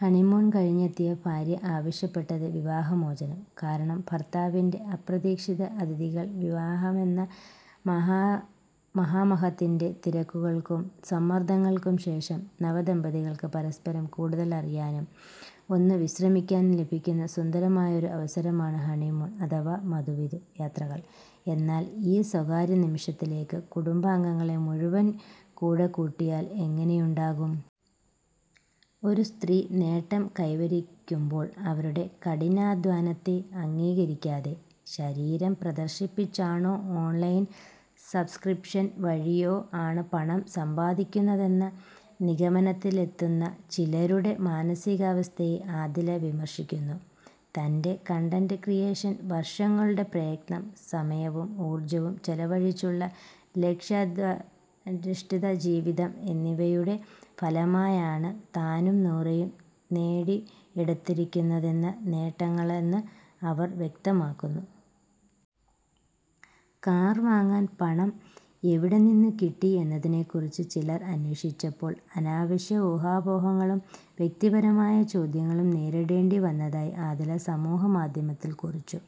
Honeymoon കഴിഞ്ഞെത്തിയ ഭാര്യ ആവശ്യപ്പെട്ടത് വിവാഹമോചനം! കാരണം ഭർത്താവിന്റെ അപ്രതീക്ഷിത അതിഥികൾ വിവാഹമെന്ന മഹാമഹത്തിന്റെ തിരക്കുകൾക്കും സമ്മർദങ്ങൾക്കും ശേഷം നവദമ്പതികൾക്ക് പരസ്പരം കൂടുതൽ അറിയാനും, ഒന്ന് വിശ്രമിക്കാനും ലഭിക്കുന്ന സുന്ദരമായൊരു അവസരമാണ് ഹണിമൂൺ അഥവാ മധുവിധു യാത്രകൾ. എന്നാൽ, ഈ സ്വകാര്യ നിമിഷങ്ങളിലേക്ക് കുടുംബാംഗങ്ങളെ മുഴുവൻ കൂടെക്കൂട്ടിയാൽ എങ്ങനെയുണ്ടാകും? ഒരു സ്ത്രീ നേട്ടം കൈവരിക്കുമ്പോൾ അവരുടെ കഠിനാധ്വാനത്തെ അംഗീകരിക്കാതെ, ശരീരം പ്രദർശിപ്പിച്ചോ ഓൺലൈൻ സബ്സ്ക്രിപ്ഷൻ വഴിയോ ആണ് പണം സമ്പാദിക്കുന്നതെന്ന നിഗമനത്തിലെത്തുന്ന ചിലരുടെ മാനസികാവസ്ഥയെ ആദില വിമർശിക്കുന്നു. തന്റെ കണ്ടന്റ് ക്രിയേഷൻ, വർഷങ്ങളുടെ പ്രയത്നം, സമയവും ഊർജ്ജവും ചെലവഴിച്ചുള്ള ലക്ഷ്യാധിഷ്ഠിത ജീവിതം എന്നിവയുടെ ഫലമായാണ് താനും നൂറയും നേടിയെടുത്തിരിക്കുന്ന നേട്ടങ്ങളെന്ന് അവർ വ്യക്തമാക്കുന്നു. കാർ വാങ്ങാൻ പണം എവിടെനിന്നുകിട്ടി എന്നതിനെക്കുറിച്ച് ചിലർ അന്വേഷിച്ചപ്പോൾ, അനാവശ്യ ഊഹാപോഹങ്ങളും വ്യക്തിപരമായ ചോദ്യങ്ങളും നേരിടേണ്ടി വന്നതായി ആദില സമൂഹമാധ്യമത്തിൽ കുറിച്ചു.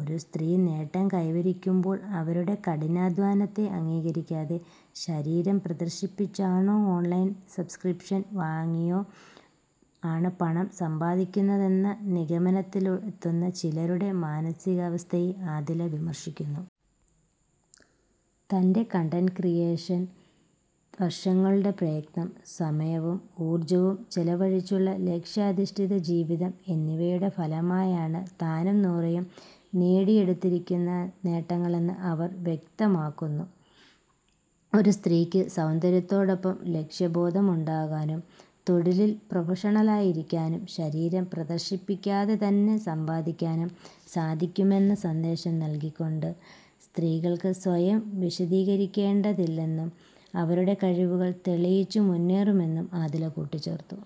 ഒരു സ്ത്രീ നേട്ടം കൈവരിക്കുമ്പോൾ അവരുടെ കഠിനാധ്വാനത്തെ അംഗീകരിക്കാതെ, ശരീരം പ്രദർശിപ്പിച്ചോ ഓൺലൈൻ സബ്സ്ക്രിപ്ഷൻ വഴിയോ ആണ് പണം സമ്പാദിക്കുന്നതെന്ന നിഗമനത്തിലെത്തുന്ന ചിലരുടെ മാനസികാവസ്ഥയെ ആദില വിമർശിക്കുന്നു. തന്റെ കണ്ടന്റ് ക്രിയേഷൻ, വർഷങ്ങളുടെ പ്രയത്നം, സമയവും ഊർജ്ജവും ചെലവഴിച്ചുള്ള ലക്ഷ്യാധിഷ്ഠിത ജീവിതം എന്നിവയുടെ ഫലമായാണ് താനും നൂറയും നേടിയെടുത്തിരിക്കുന്ന നേട്ടങ്ങളെന്ന് അവർ വ്യക്തമാക്കുന്നു. ഒരു സ്ത്രീക്ക് സൗന്ദര്യത്തോടൊപ്പം ലക്ഷ്യബോധം ഉണ്ടാകാനും, തൊഴിലിൽ പ്രൊഫഷണലായിരിക്കാനും, ശരീരം പ്രദർശിപ്പിക്കാതെ തന്നെ സമ്പാദിക്കാനും സാധിക്കുമെന്ന സന്ദേശം നൽകിക്കൊണ്ട്, സ്ത്രീകൾക്ക് സ്വയം വിശദീകരിക്കേണ്ടതില്ലെന്നും അവരുടെ കഴിവുകൾ തെളിയിച്ചു മുന്നേറുമെന്നും ആദില കൂട്ടിച്ചേർത്തു.